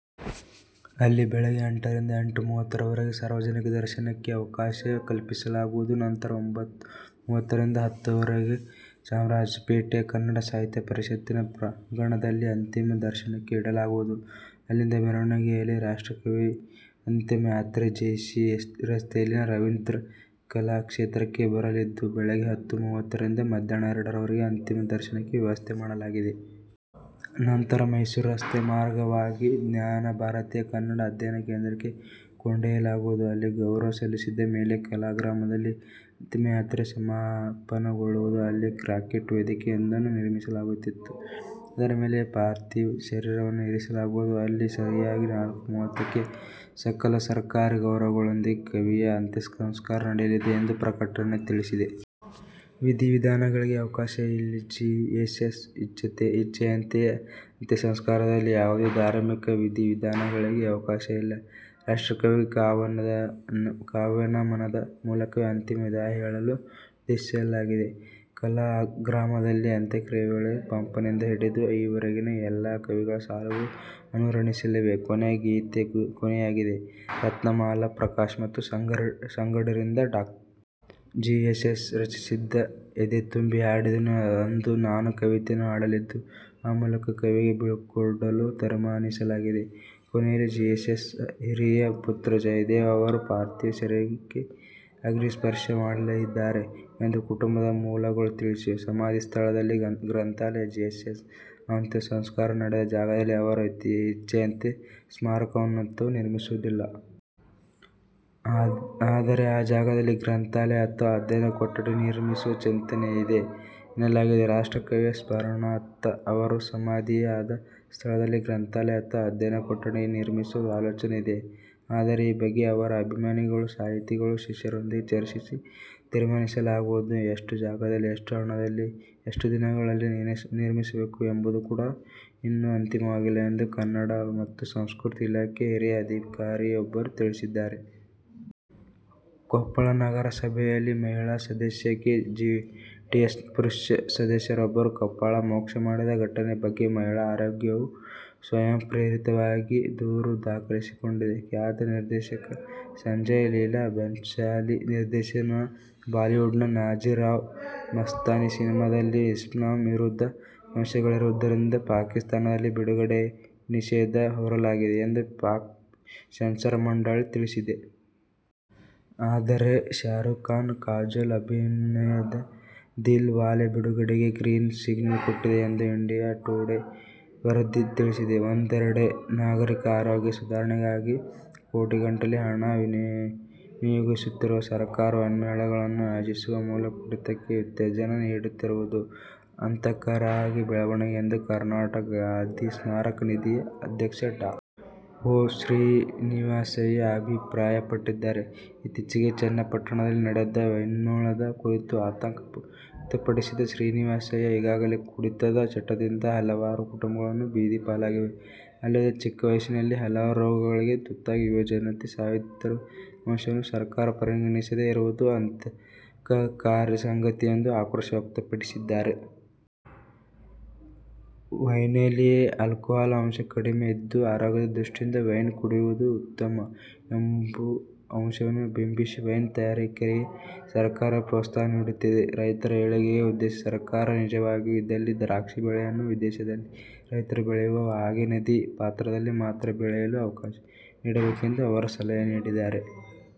ಅಲ್ಲಿ ಬೆಳಗ್ಗೆ ಎಂಟರಿಂದ ಎಂಟು:ಮೂವತ್ತುರವರೆಗೆ ಸಾರ್ವಜನಿಕ ದರ್ಶನಕ್ಕೆ ಅವಕಾಶ ಕಲ್ಪಿಸಲಾಗುವುದು. ನಂತರ ಒಂಬತ್ತ: ಮೂವತ್ತ ರಿಂದ ಹತ್ತರವರೆಗೆ ಚಾಮರಾಜಪೇಟೆಯ ಕನ್ನಡ ಸಾಹಿತ್ಯ ಪರಿಷತ್ತಿನ ಪ್ರಾಂಗಣದಲ್ಲಿ ಅಂತಿಮ ದರ್ಶನಕ್ಕೆ ಇಡಲಾಗುವುದು. ಅಲ್ಲಿಂದ ಮೆರವಣಿಗೆಯಲ್ಲಿ ರಾಷ್ಟ್ರಕವಿಯ ಅಂತಿಮ ಯಾತ್ರೆ ಜೆ. ಸಿ. ರಸ್ತೆಯಲ್ಲಿನ ರವೀಂದ್ರ ಕಲಾಕ್ಷೇತ್ರಕ್ಕೆ ಬರಲಿದ್ದು, ಬೆಳಗ್ಗೆ ಹತ್ತು: ಮೂವತ್ತರಿಂದ ಮಧ್ಯಾಹ್ನ ಎರಡರವರೆಗೆ ಅಂತಿಮ ದರ್ಶನಕ್ಕೆ ವ್ಯವಸ್ಥೆ ಮಾಡಲಾಗಿದೆ. ನಂತರ ಮೈಸೂರು ರಸ್ತೆ ಮಾರ್ಗವಾಗಿ ಜ್ಞಾನಭಾರತಿಯ ಕನ್ನಡ ಅಧ್ಯಯನ ಕೇಂದ್ರಕ್ಕೆ ಕೊಂಡೊಯ್ಯಲಾಗುವುದು. ಅಲ್ಲಿ ಗೌರವ ಸಲ್ಲಿಸಿದ ಮೇಲೆ ಕಲಾಗ್ರಾಮದಲ್ಲಿ ಅಂತಿಮಯಾತ್ರೆ ಸಮಾಪನಗೊಳ್ಳುವುದು. ಅಲ್ಲಿ ಕಾಂಕ್ರೀಟ್ನ ವೇದಿಕೆಯೊಂದನ್ನು ನಿರ್ಮಿಸಲಾಗುತ್ತಿದ್ದು, ಅದರ ಮೇಲೆ ಪಾರ್ಥಿವ ಶರೀರವನ್ನು ಇರಿಸಲಾಗುವುದು. ಅಲ್ಲಿ ಸರಿಯಾಗಿ ನಾಲ್ಕು:ಮೂವತ್ತಕ್ಕೆ ಸಕಲ ಸರ್ಕಾರಿ ಗೌರವಗಳೊಂದಿಗೆ ಕವಿಯ ಅಂತ್ಯಸಂಸ್ಕಾರ ನಡೆಯಲಿದೆ ಎಂದು ಪ್ರಕಟಣೆ ತಿಳಿಸಿದೆ. ವಿಧಿ-ವಿಧಾನಗಳಿಗೆ ಅವಕಾಶ ಇಲ್ಲಜಿಎಸ್ಎಸ್ ಇಚ್ಛೆಯಂತೆಯೇ ಅಂತ್ಯಸಂಸ್ಕಾರದಲ್ಲಿ ಯಾವುದೇ ಧಾರ್ಮಿಕ ವಿಧಿ-ವಿಧಾನಗಳಿಗೆ ಅವಕಾಶ ಇಲ್ಲ. ರಾಷ್ಟ್ರಕವಿಗೆ ಕಾವ್ಯನಮನದ ಮೂಲಕವೇ ಅಂತಿಮ ವಿದಾಯ ಹೇಳಲು ಉದ್ದೇಶಿಸಲಾಗಿದೆ. ಕಲಾಗ್ರಾಮದಲ್ಲಿ ಅಂತ್ಯಕ್ರಿಯೆ ವೇಳೆ ಪಂಪನಿಂದ ಹಿಡಿದು ಈವರೆಗಿನ ಎಲ್ಲ ಕವಿಗಳ ಸಾಲುಗಳು ಅನುರಣಿಸಲಿವೆ. ಕೊನೆಯ ಗೀತೆಕೊನೆಯದಾಗಿ ರತ್ನಮಾಲಾ ಪ್ರಕಾಶ್ ಮತ್ತು ಸಂಗಡಿಗರಿಂದ ಡಾ. ಜಿಎಸ್ಎಸ್ ರಚಿಸಿದ ಎದೆತುಂಬಿ ಹಾಡೆದೆನು ಅಂದು ನಾನು ಕವಿತೆಯನ್ನು ಹಾಡಲಿದ್ದು, ಆ ಮೂಲಕ ಕವಿಗೆ ಬೀಳ್ಕೊಡಲು ತೀರ್ಮಾನಿಸಲಾಗಿದೆ. ಕೊನೆಯಲ್ಲಿ ಜಿಎಸ್ಎಸ್ ಹಿರಿಯ ಪುತ್ರ ಜಯದೇವ ಅವರು ಪಾರ್ಥಿವ ಶರೀರಕ್ಕೆ ಅಗ್ನಿಸ್ಪರ್ಶ ಮಾಡಲಿದ್ದಾರೆ ಎಂದು ಕುಟುಂಬದ ಮೂಲಗಳು ತಿಳಿಸಿವೆ. ಸಮಾಧಿ ಸ್ಥಳದಲ್ಲಿ ಗ್ರಂಥಾಲಯ? ಜಿಎಸ್ಎಸ್ ಅಂತ್ಯಸಂಸ್ಕಾರ ನಡೆದ ಜಾಗದಲ್ಲಿ ಅವರ ಇಚ್ಛೆಯಂತೆ ಸ್ಮಾರಕವನ್ನಂತೂ ನಿರ್ಮಿಸುವುದಿಲ್ಲ. ಆದರೆ, ಆ ಜಾಗದಲ್ಲಿ ಗ್ರಂಥಾಲಯ ಅಥವಾ ಅಧ್ಯಯನ ಕೊಠಡಿ ನಿರ್ಮಿಸುವ ಚಿಂತನೆ ಇದೆ ಎನ್ನಲಾಗಿದೆ. ರಾಷ್ಟ್ರಕವಿಯ ಸ್ಮರಣಾರ್ಥ ಅವರು ಸಮಾಧಿಯಾದ ಸ್ಥಳದಲ್ಲಿ ಗ್ರಂಥಾಲಯ ಅಥವಾ ಅಧ್ಯಯನ ಕೊಠಡಿ ನಿರ್ಮಿಸುವ ಆಲೋಚನೆ ಇದೆ. ಆದರೆ, ಈ ಬಗ್ಗೆ ಅವರ ಅಭಿಮಾನಿಗಳು, ಸಾಹಿತಿಗಳು, ಶಿಷ್ಯರೊಂದಿಗೆ ಚರ್ಚಿಸಿ ತೀರ್ಮಾನಿಸಲಾಗುವುದು. ಎಷ್ಟು ಜಾಗದಲ್ಲಿ, ಎಷ್ಟು ಹಣದಲ್ಲಿ, ಎಷ್ಟು ದಿನಗಳಲ್ಲಿ ನಿರ್ಮಿಸಬೇಕು ಎಂಬುದು ಕೂಡ ಇನ್ನೂ ಅಂತಿಮವಾಗಿಲ್ಲ ಎಂದು ಕನ್ನಡ ಮತ್ತು ಸಂಸ್ಕೃತಿ ಇಲಾಖೆ ಹಿರಿಯ ಅಧಿಕಾರಿಯೊಬ್ಬರು ತಿಳಿಸಿದ್ದಾರೆ. ಕೊಪ್ಪಳ ನಗರಸಭೆಯಲ್ಲಿ ಮಹಿಳಾ ಸದಸ್ಯೆಗೆ ಜೆಡಿಎಸ್ನ ಪುರುಷ ಸದಸ್ಯರೊಬ್ಬರು ಕಪಾಳ ಮೋಕ್ಷ ಮಾಡಿದ ಘಟನೆ ಬಗ್ಗೆ ಮಹಿಳಾ ಆಯೋಗವು ಸ್ವಯಂಪ್ರೇರಿತವಾಗಿ ದೂರು ದಾಖಲಿಸಿಕೊಂಡಿದೆ. ಖ್ಯಾತ ನಿರ್ದೇಶಕ ಸಂಜಯ್ ಲೀಲಾ ಬನ್ಸಾಲಿ ನಿರ್ದೇಶನದ ಬಾಲಿವುಡ್ ನ ಬಾಜಿರಾವ್ ಮಸ್ತಾನಿ ಸಿನಿಮಾದಲ್ಲಿ ಇಸ್ಲಾಂ ವಿರೋಧಿ ಅಂಶಗಳಿರುವುದರಿಂದ ಪಾಕಿಸ್ತಾನದಲ್ಲಿ ಬಿಡುಗಡೆಗೆ ನಿಷೇಧ ಹೇರಲಾಗಿದೆ ಎಂದು ಪಾಕ್ ಸೆನ್ಸಾರ್ ಮಂಡಳಿ ತಿಳಿಸಿದೆ. ಆದರೆ ಶಾರುಕ್ ಖಾನ್, ಕಾಜೋಲ್ ಅಭಿನಯದ ದಿಲ್ ವಾಲೆ ಬಿಡುಗಡೆಗೆ ಗ್ರೀನ್ ಸಿಗ್ನಲ್ ಕೊಟ್ಟಿದೆ ಎಂದು ಇಂಡಿಯಾ ಟುಡೇ ವರದಿ ತಿಳಿಸಿದೆ. ಒಂದೆಡೆ ನಾಗರಿಕರ ಆರೋಗ್ಯ ಸುಧಾರಣೆಗಾಗಿ ಕೋಟಿಗಟ್ಟಲೇ ಹಣ ವಿನಿಯೋಗಿಸುತ್ತಿರುವ ಸರ್ಕಾರ, ವೈನ್ಮೇಳಗಳನ್ನು ಆಯೋಜಿಸುವ ಮೂಲಕ ಕುಡಿತಕ್ಕೆ ಉತ್ತೇಜನ ನೀಡುತ್ತಿರುವುದು ಆತಂಕಕಾರಿ ಬೆಳವಣಿಗೆ ಎಂದು ಕರ್ನಾಟಕ ಗಾಂಧೀ ಸ್ಮಾರಕ ನಿಧಿಯ ಅಧ್ಯಕ್ಷ ಡಾ. ಹೊ. ಶ್ರೀನಿವಾಸಯ್ಯ ಅಭಿಪ್ರಾಯಪಟ್ಟಿದ್ದಾರೆ. ಇತ್ತೀಚೆಗೆ ಚನ್ನಪಟ್ಟಣದಲ್ಲಿ ನಡೆದ ವೈನ್ಮೇಳದ ಕುರಿತು ಆತಂಕ ವ್ಯಕ್ತಪಡಿಸಿದ ಶ್ರೀನಿವಾಸಯ್ಯ, ಈಗಾಗಲೇ ಕುಡಿತದ ಚಟದಿಂದ ಹಲವಾರು ಕುಟುಂಬಗಳು ಬೀದಿ ಪಾಲಾಗಿವೆ. ಅಲ್ಲದೇ ಚಿಕ್ಕವಯಸ್ಸಿನಲ್ಲೇ ಹಲವಾರು ರೋಗಗಳಿಗೆ ತುತ್ತಾಗಿ ಯುವಜನತೆ ಸಾಯುತ್ತಿರುವ ಅಂಶವನ್ನು ಸರ್ಕಾರ ಪರಿಗಣಿಸದೇ ಇರುವುದು ಆತಂಕಕಾರಿ ಸಂಗತಿ ಎಂದು ಆಕ್ರೋಶ ವ್ಯಕ್ತಪಡಿಸಿದ್ದಾರೆ. ವೈನ್ನಲ್ಲಿ ಆಲ್ಕೋಹಾಲ್ ಅಂಶ ಕಡಿಮೆ ಇದ್ದು, ಆರೋಗ್ಯದ ದೃಷ್ಟಿಯಿಂದ ವೈನ್ ಕುಡಿಯುವುದು ಉತ್ತಮ ಎಂಬ ಅಂಶವನ್ನು ಬಿಂಬಿಸಿ ವೈನ್ ತಯಾರಿಕೆಗೆ ಸರ್ಕಾರವೇ ಪ್ರೋತ್ಸಾಹ ನೀಡುತ್ತಿದೆ. ರೈತರ ಏಳಿಗೆಯ ಉದ್ದೇಶ ಸರ್ಕಾರಕ್ಕೆ ನಿಜವಾಗಿಯೂ ಇದ್ದಲ್ಲಿ ದ್ರಾಕ್ಷಿ ಬೆಳೆಯನ್ನು ವಿದೇಶದಲ್ಲಿ ರೈತರು ಬೆಳೆಯುವ ಹಾಗೆ ನದಿ ಪಾತ್ರದಲ್ಲಿ ಮಾತ್ರ ಬೆಳೆಯಲು ಅವಕಾಶ ನೀಡಬೇಕು ಎಂದು ಅವರು ಸಲಹೆ ನೀಡಿದ್ದಾರೆ.